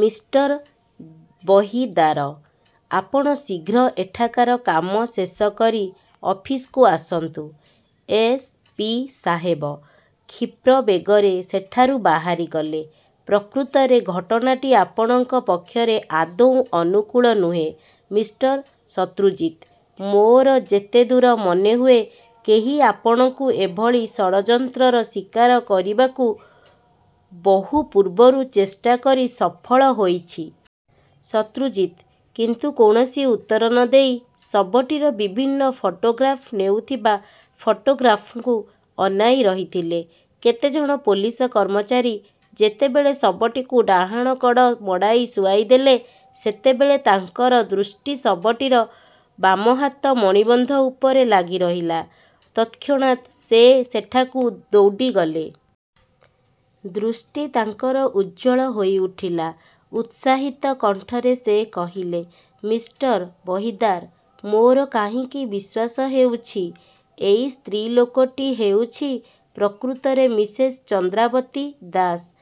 Mister Bahidar, ଆପଣ ଶୀଘ୍ର ଏଠାକାର କାମ ଶେଷ କରି ଅଫିସକୁ ଆସନ୍ତୁ। ଏସ. ପି. ସାହେବ କ୍ଷିପ୍ରବେଗରେ ସେଠାରୁ ବାହାରିଗଲେ। ପ୍ରକୃତରେ ଘଟଣାଟି ଆପଣଙ୍କ ପକ୍ଷରେ ଆଦୌ ଅନୁକୂଳ ନୁହେଁ, ମିଷ୍ଟର ଶତ୍ରୁଜିତ୍! ମୋର ଯେତେଦୂର ମନେହୁଏ କେହି ଆପଣଙ୍କୁ ଏଭଳି ଷଡ଼ଯନ୍ତ୍ରର ଶିକାର କରିବାକୁ ବହୁ ପୂର୍ବରୁ ଚେଷ୍ଟା କରି ସଫଳ ହୋଇଛି। ଶତ୍ରୁଜିତ୍ କିନ୍ତୁ କୌଣସି ଉତ୍ତର ନ ଦେଇ ଶବଟିର ବିଭିନ୍ନ ଫଟୋଗ୍ରାଫ ନେଉଥିବା ଫଟୋଗ୍ରାଫ୍ରଙ୍କୁ ଅନାଇ ରହିଥିଲେ। କେତେଜଣ ପୋଲିସ କର୍ମଚାରୀ ଯେତେବେଳେ ଶବଟିକୁ ଡାହାଣ କଡ଼ ମଡ଼ାଇ ଶୁଆଇଦେଲେ, ସେତେବେଳେ ତାଙ୍କର ଦୃଷ୍ଟି ଶବଟିର ବାମହାତ ମଣିବନ୍ଧ ଉପରେ ଲାଗିରହିଲା। ତତ୍କ୍ଷଣାତ୍ ସେ ସେଠାକୁ ଦୌଡ଼ିଗଲେ।। ଦୃଷ୍ଟି ତାଙ୍କର ଉଜ୍ୱଳ ହୋଇଉଠିଲା। ଉତ୍ସାହିତ କଣ୍ଠରେ ସେ କହିଲେ-ମିଷ୍ଟର ବହିଦାର, ମୋର କାହିଁକି ବିଶ୍ୱାସ ହେଉଛି ଏଇ ସ୍ତ୍ରୀଲୋକଟି ହେଉଛି ପ୍ରକୃତରେ ମିସେସ୍ ଚନ୍ଦ୍ରାବତୀ ଦାସ।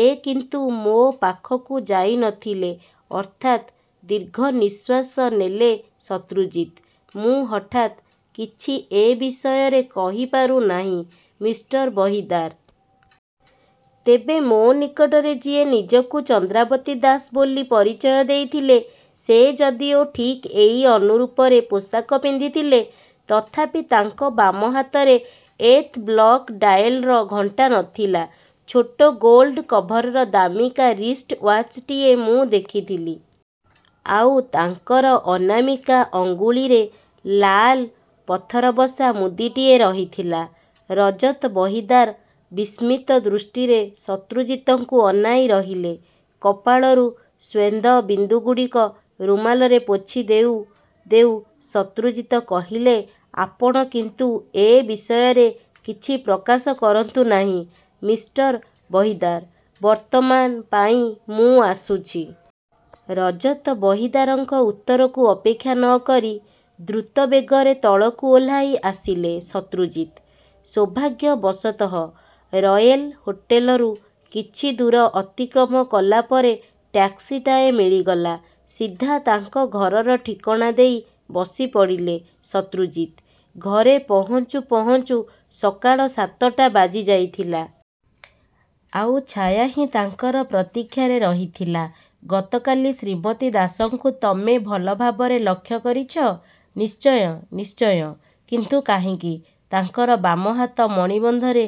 ଏ କିନ୍ତୁ ମୋ ପାଖକୁ ଯାଇ ନ ଥିଲେ। ଅର୍ଥାତ୍? ଦୀର୍ଘନିଶ୍ୱାସ ନେଲେ ଶତ୍ରୁଜିତ୍-ମୁଁ ହଠାତ୍ କିଛି ଏ ବିଷୟରେ କହିପାରୁ ନାହିଁ, ମିଷ୍ଟର ବହିଦାର! ତେବେ ମୋ ନିକଟରେ ଯିଏ ନିଜକୁ ଚନ୍ଦ୍ରାବତୀ ଦାସ ବୋଲି ପରିଚୟ ଦେଇଥିଲେ ସେ ଯଦିଓ ଠିକ୍ ଏଇ ଅନୁରୂପରେ ପୋଷାକ ପିନ୍ଧିଥିଲେ ତଥାପି ତାଙ୍କ ବାମ ହାତର ଏଥ ବ୍ଲକ ଡାଏଲର ଘଣ୍ଟା ନ ଥିଲା। ଛୋଟ ଗୋଲ୍ଡ କଭରର ଦାମିକା ରିଷ୍ଟ ଓ୍ୟାଚଟିଏ ମୁଁ ଦେଖିଥିଲି। ଆଉ ତାଙ୍କର ଅନାମିକା ଅଙ୍ଗୁଳିରେ ଲାଲ ପଥରବସା ମୁଦିଟିଏ ରହିଥିଲା। ରଜତ ବହିଦାର ବିସ୍ମିତ ଦୃଷ୍ଟିରେ ଶତ୍ରୁଜିତଙ୍କୁ ଅନାଇ ରହିଲେ। କପାଳରୁ ସ୍ୱେନ୍ଦବିନ୍ଦୁଗୁଡ଼ିକ ରୁମାଲରେ ପୋଛି ଦେଉ ଦେଉ ଶତ୍ରୁଜିତ୍ କହିଲେ-ଆପଣ କିନ୍ତୁ ଏ ବିଷୟରେ କିଛି ପ୍ରକାଶ କରନ୍ତୁ ନାହିଁ, ମିଷ୍ଟର ବହିଦାର! ବର୍ତ୍ତମାନ ପାଇଁ ମୁଁ ଆସୁଛି। ରଜତ ବହିଦାରଙ୍କ ଉତ୍ତରକୁ ଅପେକ୍ଷା ନ କରି ଦ୍ରୁତବେଗରେ ତଳକୁ ଓହ୍ଳାଇ ଆସିଲେ ଶତ୍ରୁଜିତ୍। ସୌଭାଗ୍ୟବଶତଃ ରୟେଲ ହୋଟଲରୁ କିଛିଦୂର ଅତିକ୍ରମ କଲା ପରେ ଟ୍ୟାକ୍ସିଟାଏ ମିଳିଗଲା। ସିଧା ତାଙ୍କ ଘରର ଠିକଣା ଦେଇ ବସିପଡ଼ିଲେ ଶତ୍ରୁଜିତ୍। ଘରେ ପହଞ୍ଚୁ ପହଞ୍ଚୁ ସକାଳ ସାତଟା ବାଜିଯାଇଥିଲା। ଆଉ ଛାୟା ହିଁ ତାଙ୍କର ପ୍ରତୀକ୍ଷାରେ ରହିଥିଲା। ଗତକାଲି ଶ୍ରୀମତୀ ଦାସଙ୍କୁ ତମେ ଭଲ ଭାବରେ ଲକ୍ଷ୍ୟ କରିଛ, ନିଶ୍ଚୟ? ନିଶ୍ଚୟ.. କିନ୍ତୁ କାହିଁକି? ତାଙ୍କର ବାମହାତ ମଣିବନ୍ଧରେ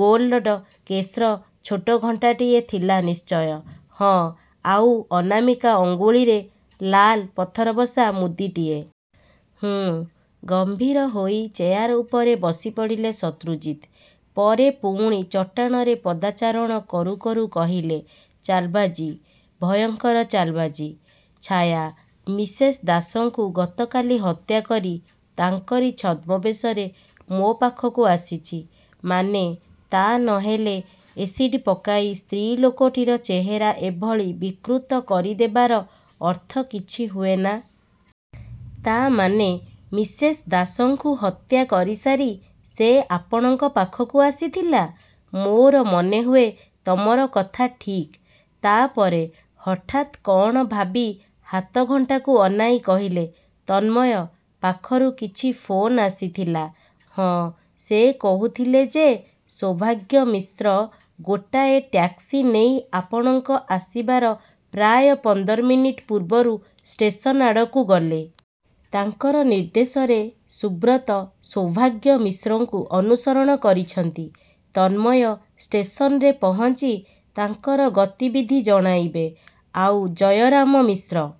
ଗୋଲଡ୍ କେସ୍ର ଛୋଟ ଘଣ୍ଟାଟିଏ ଥିଲା ନିଶ୍ଚୟ? ହଁ। ଆଉ ଅନାମିକା ଅଙ୍ଗୁଳିରେ? ଲାଲ ପଥରବସା ମୁଦିଟିଏ। ହୁଁ ଗମ୍ଭୀର ହୋଇ ଚେୟାର ଉପରେ ବସିପଡ଼ିଲେ ଶତ୍ରୁଜିତ୍। ପରେ ପୁଣି ଚଟାଣରେ ପଦାଚାରଣ କରୁକରୁ କହିଲେ-ଚାଲବାଜି, ଭୟଙ୍କର ଚାଲବାଜି, ଛାୟା! ମିସେସ୍ ଦାସଙ୍କୁ ଗତକାଲି ହତ୍ୟା କରି ତାଙ୍କରି ଛଦ୍ମବେଶରେ ମୋ ପାଖକୁ ଆସିଛି। ମାନେ? ତା' ନ ହେଲେ ଏସିଡ୍ପକାଇ ସ୍ତ୍ରୀଲୋକଟିର ଚେହେରା ଏଭଳି ବିକୃତ କରିଦେବାର ଅର୍ଥ କିଛି ହୁଏନା। ତା' ମାନେ, ମିସେସ୍ ଦାସଙ୍କୁ ହତ୍ୟା କରିସାରି ସେ ଆପଣଙ୍କ ପାଖକୁ ଆସିଥିଲା। ମୋର ମନେହୁଏ ତମର କଥା ଠିକ୍। ତା'ପରେ ହଠାତ୍ କ'ଣ ଭାବି ହାତଘଣ୍ଟାକୁ ଅନାଇ କହିଲେ-ତନ୍ମୟ ପାଖରୁ କିଛି ଫୋନ୍ ଆସିଥିଲା? ହଁ, ସେ କହୁଥିଲେ ଯେ ସୌଭାଗ୍ୟ ମିଶ୍ର ଗୋଟାଏ ଟ୍ୟାକ୍ସି ନେଇ ଆପଣଙ୍କ ଆସିବାର ପ୍ରାୟ ପନ୍ଦର ମିନିଟ୍ ପୂର୍ବରୁ ଷ୍ଟେସନ ଆଡ଼କୁ ଗଲେ। ତାଙ୍କର ନିର୍ଦ୍ଦେଶରେ ସୁବ୍ରତ ସୌଭାଗ୍ୟ ମିଶ୍ରଙ୍କୁ ଅନୁସରଣ କରିଛନ୍ତି। ତନ୍ମୟ ଷ୍ଟେସନରେ ପହଞ୍ଚି ତାଙ୍କର ଗତିବିଧି ଜଣାଇବେ-। ଆଉ ଜୟରାମ ମିଶ୍ର?